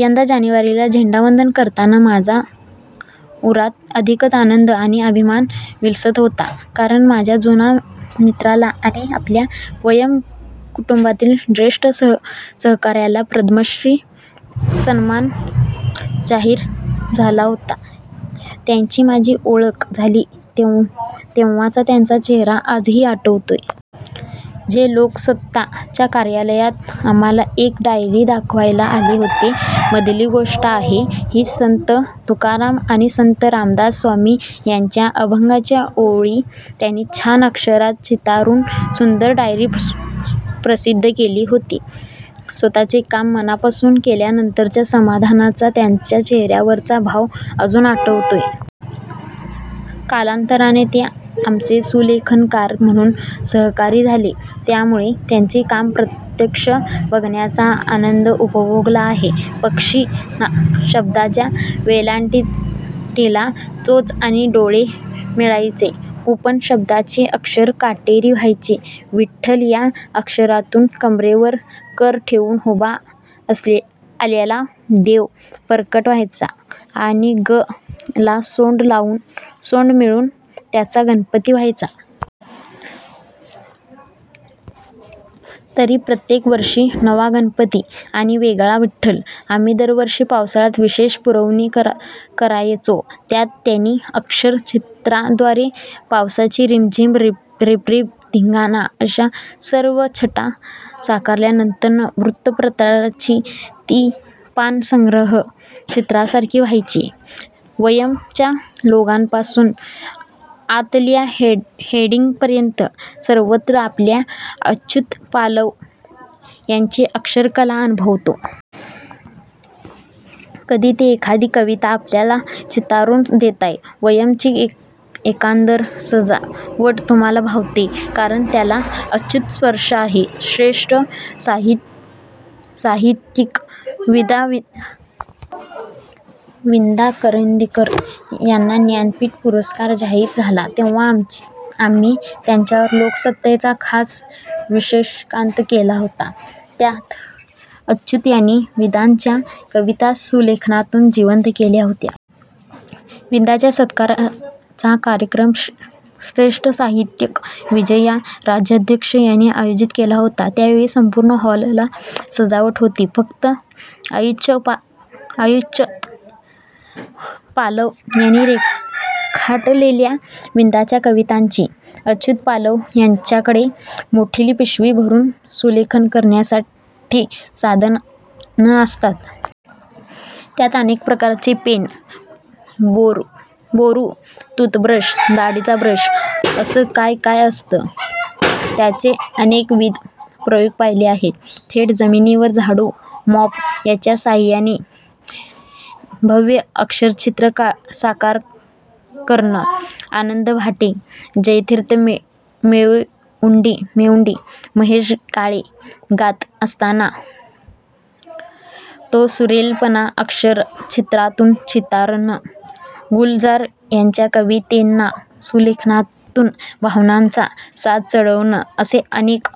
यंदा जानेवारीला झेंडावंदन करताना माझ्या उरात अधिकच आनंद आणि अभिमान विलसत होता. कारण माझ्या जुन्या मित्राला आणि आपल्या 'वयम्' कुटुंबातील ज्येष्ठ सहकाऱ्याला पद्मश्री सन्मान जाहीर झाला होता. त्यांची माझी ओळख झाली तेव्हाचा त्यांचा चेहरा आजही आठवतोय. ते 'लोकसत्ता'च्या कार्यालयात आम्हांला एक डायरी दाखवायला आले होते. मधली गोष्ट आहे ही. संत तुकाराम आणि संत रामदास स्वामी यांच्या अभंगांच्या ओळी त्यांनी छान अक्षरात चितारून सुंदर डायरी प्रसिद्ध केली होती. स्वत:चे काम मनापासून केल्यानंतरच्या समाधानाचा त्यांच्या चेहऱ्यावरचा भाव अजून आठवतोय. कालांतराने ते आमचे सुलेखनकार म्हणून सहकारी झाले. त्यामुळे त्यांचे काम प्रत्यक्ष बघण्याचा आनंद उपभोगता आला. 'पक्षी' शब्दाच्या वेलांटीला चोच आणि डोळे मिळायचे. 'कुंपण' शब्दाची अक्षरं काटेरी व्हायची. 'विठ्ठल' या अक्षरांतून कमरेवर कर ठेवून उभा आलेला देव प्रकट व्हायचा आणि 'ग'ला सोंड मिळून त्याचा गणपती व्हायचा. तरी प्रत्येक वर्षी नवा गणपती आणि वेगळा विठ्ठल! आम्ही दरवर्षी पावसाळ्यात विशेष पुरवणी करायचो. त्यात त्यांनी अक्षर-चित्रांद्वारे पावसाची रिमझिम, रिपरिप, धिंगाणा अशा सर्व छटा साकारल्यानंतर वृत्तपत्राची ती पानं संग्राह्य चित्रांसारखी व्हायची. 'वयम्'च्या लोगोपासून आतल्या हेडिंगपर्यंत सर्वत्र आपण अच्युत पालव यांची अक्षर-कला अनुभवतो. कधी ते एखादी कविता आपल्याला चितारून देतात. 'वयम्'ची एकंदर सजावट तुम्हांला भावते, कारण त्याला अच्युत-स्पर्श आहे! श्रेष्ठ साहित्यिक विंदा करंदीकर यांना ज्ञानपीठ पुरस्कार जाहीर झाला तेव्हा आम्ही त्यांच्यावर 'लोकसत्ता'चा खास विशेषांक केला होता, त्यात अच्युत यांनी विंदांच्या कविता सुलेखनातून जिवंत केल्या होत्या. विंदांच्या सत्काराचा कार्यक्रम ज्येष्ठ साहित्यिक विजया राजाध्यक्ष यांनी आयोजित केला होता. त्यावेळी संपूर्ण हॉलला सजावट होती फक्त अच्युत पालव यांनी रेखाटलेल्या विंदांच्या कवितांची! अच्युत पालव यांच्याकडे मोठाली पिशवी भरून सुलेखन करण्यासाठी साधनं असतात. त्यात अनेक प्रकारची पेनं, बोरू, टूथब्रश, दाढीचा ब्रश असं काय काय असतं! त्यांचे अनेकविध प्रयोग पाहिले आहेत. थेट जमिनीवर झाडू, मॉप यांच्या साह्याने भव्य अक्षरचित्र साकार करणं; आनंद भाटे, जयतीर्थ मेवुंडी, महेश काळे गात असताना तो सुरेलपणा अक्षरचित्रांतून चितारणं; गुलजार यांच्या कवितांना सुलेखनांतून भावनांचा साज चढवणं असे अनेक!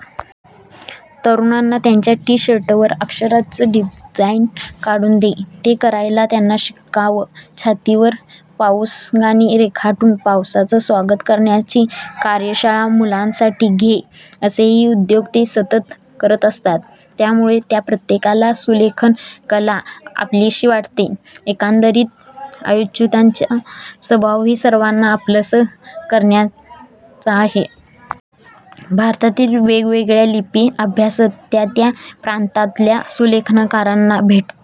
तरुणांना त्यांच्या टीशर्टवर अक्षरांचं डिझाइन काढून दे, ते करायला त्यांना शिकव, छत्रीवर पाऊसगाणी रेखाटून पावसाचं स्वागत करण्याची कार्यशाळा मुलांसाठी घे- असेही उद्योग ते सतत करत असतात. त्यामुळे त्या प्रत्येकाला सुलेखन-कला आपलीशी वाटते. एकंदरीत अच्युतचा स्वभावही सर्वांना आपलंसं करण्याचा आहे. भारतातील वेगवेगळ्या लिपी अभ्यासत, त्या त्या प्रांतातल्या सुलेखनकारांना भेटत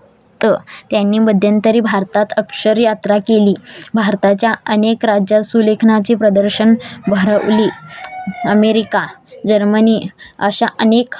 त्यांनी मध्यंतरी भारतभर अक्षर-यात्रा केली. भारताच्या अनेक राज्यांत सुलेखनाची प्रदर्शनं भरवली. अमेरिका, जर्मनी अशा अनेक